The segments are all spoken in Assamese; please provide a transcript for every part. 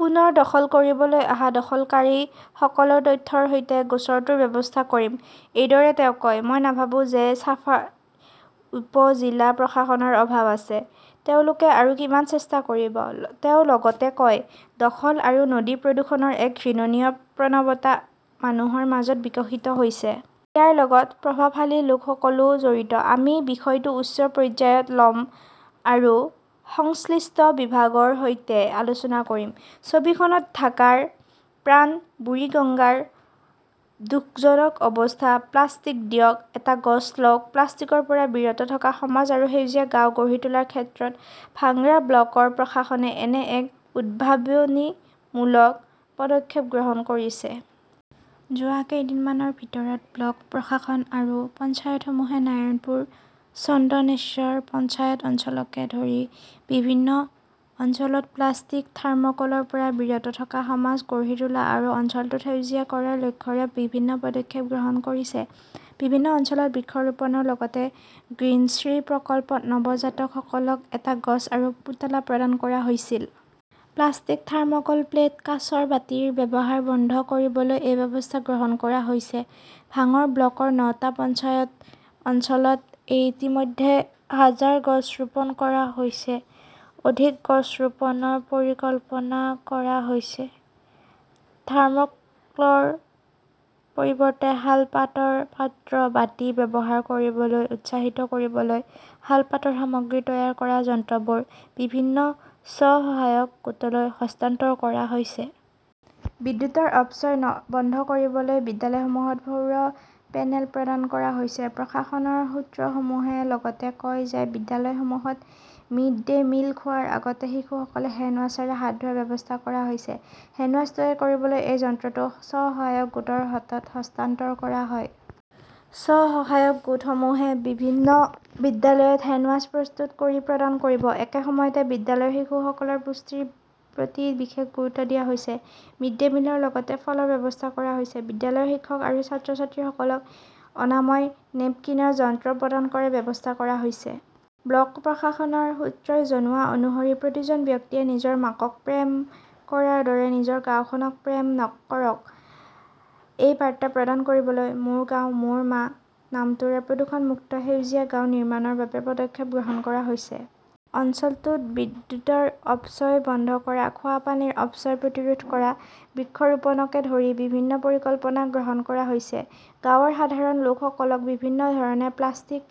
পুনৰ দখল কৰিবলৈ অহা দখলকাৰীসকলৰ তথ্যৰ সৈতে গোচৰটোৰ ব্যৱস্থা কৰিম, এইদৰে তেওঁ কয়। মই নাভাবো যে ছাভাৰ উপ-জিলা প্ৰশাসনৰ অভাৱ আছে। তেওঁলোকে আৰু কিমান চেষ্টা কৰিব? তেওঁ লগতে কয়, দখল আৰু নদী প্ৰদূষণৰ এক ঘৃণনীয় প্ৰৱণতা মানুহৰ মাজত বিকশিত হৈছে। ইয়াৰ লগত প্ৰভাৱশালী লোকসকলও জড়িত। আমি বিষয়টো উচ্চ পৰ্যায়ত ল'ম আৰু সংশ্লিষ্ট বিভাগৰ সৈতে আলোচনা কৰিম। । ছবিখনত ঢাকাৰ প্ৰাণ বুৰিগঙ্গাৰ দুখজনক অৱস্থা 'প্লাষ্টিক দিয়ক, এটা গছ লওক, প্লাষ্টিকৰ পৰা বিৰত থকা সমাজ আৰু সেউজীয়া গাঁও গঢ়ি তোলাৰ ক্ষেত্ৰত ভাংৰা ব্লকৰ প্ৰশাসনে এনে এক উদ্ভাৱনীমূলক পদক্ষেপ গ্ৰহণ কৰিছে। যোৱা কেইদিনমানৰ ভিতৰত ব্লক প্ৰশাসন আৰু পঞ্চায়তসমূহে নাৰায়ণপুৰ, চন্দনেশ্বৰ পঞ্চায়ত অঞ্চলকে ধৰি বিভিন্ন অঞ্চলত প্লাষ্টিক, থাৰ্ম'কলৰ পৰা বিৰত থকা সমাজ গঢ়ি তোলা আৰু অঞ্চলটোত সেউজীয়া কৰাৰ লক্ষ্যৰে বিভিন্ন পদক্ষেপ গ্ৰহণ কৰিছে। বিভিন্ন অঞ্চলত বৃক্ষৰোপণৰ লগতে গ্ৰীণশ্ৰী প্ৰকল্পত নৱজাতকসকলক এটা গছ আৰু পুতলা প্ৰদান কৰা হৈছিল। প্লাষ্টিক, থাৰ্ম 'কল প্লেট, কাঁচৰ বাটিৰ ব্যৱহাৰ বন্ধ কৰিবলৈ এই ব্যৱস্থা গ্ৰহণ কৰা হৈছে। ভাংৰ ব্লকৰ নটা পঞ্চায়ত অঞ্চলত ইতিমধ্যে হাজাৰ গছ ৰোপণ কৰা হৈছে। অধিক গছ ৰোপণৰ পৰিকল্পনা কৰা হৈছে। থাৰ্মোক্লৰ পৰিৱৰ্তে শালপাতৰ পাত্ৰ, বাটি ব্যৱহাৰ কৰিবলৈ উৎসাহিত কৰিবলৈ শালপাতৰ সামগ্ৰী তৈয়াৰ কৰা যন্ত্ৰবোৰ বিভিন্ন স্ব-সহায়ক গোটলৈ হস্তান্তৰ কৰা হৈছে। বিদ্যুৎৰ অপচয় বন্ধ কৰিবলৈ বিদ্যালয়সমূহত সৌৰ পেনেল প্ৰদান কৰা হৈছে। প্ৰশাসনৰ সূত্ৰসমূহে লগতে কয় যে, বিদ্যালয়সমূহত মিড -ডে মিল খোৱাৰ আগতে শিশুসকলে হেণ্ড ৱাশ্বৰেৰে হাত ধোৱাৰ ব্যৱস্থা কৰা হৈছে। হেণ্ড ৱাছ তৈয়াৰ কৰিবলৈ এই যন্ত্ৰটো স্ব-সহায়ক গোটৰ হাতত হস্তান্তৰ কৰা হয়। স্ব-সহায়ক গোটসমূহে বিভিন্ন বিদ্যালয়ত হেণ্ড ৱাছ প্ৰস্তুত কৰি প্ৰদান কৰিব। একে সময়তে বিদ্যালয়ৰ শিশুসকলৰ পুষ্টিৰ প্ৰতি বিশেষ গুৰুত্ব দিয়া হৈছে। মিড ডে মিলৰ লগতে ফলৰ ব্যৱস্থা কৰা হৈছে। বিদ্যালয়ৰ শিক্ষক আৰু ছাত্ৰ-ছাত্ৰীসকলক অনাময় নেপকিনৰ যন্ত্ৰ প্ৰদান কৰাৰ ব্যৱস্থা কৰা হৈছে। ব্লক প্ৰশাসনৰ সূত্ৰই জনোৱা অনুসৰি প্ৰতিজন ব্যক্তিয়ে নিজৰ মাকক প্ৰেম কৰাৰ দৰে নিজৰ গাওঁখনক প্ৰেম কৰক। এই বাৰ্তা প্ৰদান কৰিবলৈ 'মোৰ গাওঁ, মোৰ মা' নামটোৰে প্ৰদূষণ-মুক্ত, সেউজীয়া গাঁও নিৰ্মাণৰ বাবে পদক্ষেপ গ্ৰহণ কৰা হৈছে। অঞ্চলটোত বিদ্যুৎৰ অপচয় বন্ধ কৰা, খোৱা পানীৰ অপচয় প্ৰতিৰোধ কৰা, বৃক্ষৰোপণকে ধৰি বিভিন্ন পৰিকল্পনা গ্ৰহণ কৰা হৈছে। গাঁৱৰ সাধাৰণ লোকসকলক বিভিন্ন ধৰণে প্লাষ্টিক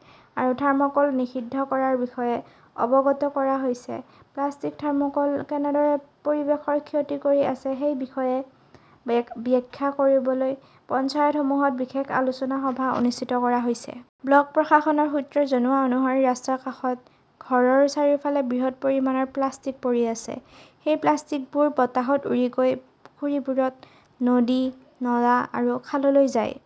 আৰু থৰ্ম'কল নিষিদ্ধ কৰাৰ বিষয়ে অৱগত কৰা হৈছে। প্লাষ্টিক, থাৰ্মোকোলে কেনেদৰে পৰিৱেশৰ ক্ষতি কৰি আছে সেই বিষয়ে ব্যাখ্যা কৰিবলৈ পঞ্চায়তসমূহত বিশেষ আলোচনা সভা অনুষ্ঠিত কৰা হৈছে। ব্লক প্ৰশাসনৰ সূত্ৰই জনোৱা অনুসৰি ৰাস্তাৰ কাষত, ঘৰৰ চাৰিওফালে বৃহৎ পৰিমাণৰ প্লাষ্টিক পৰি আছে। সেই প্লাষ্টিকবোৰ বতাহত উৰি গৈ পুখুৰীবোৰত নদী, নলা আৰু খাললৈ যায়।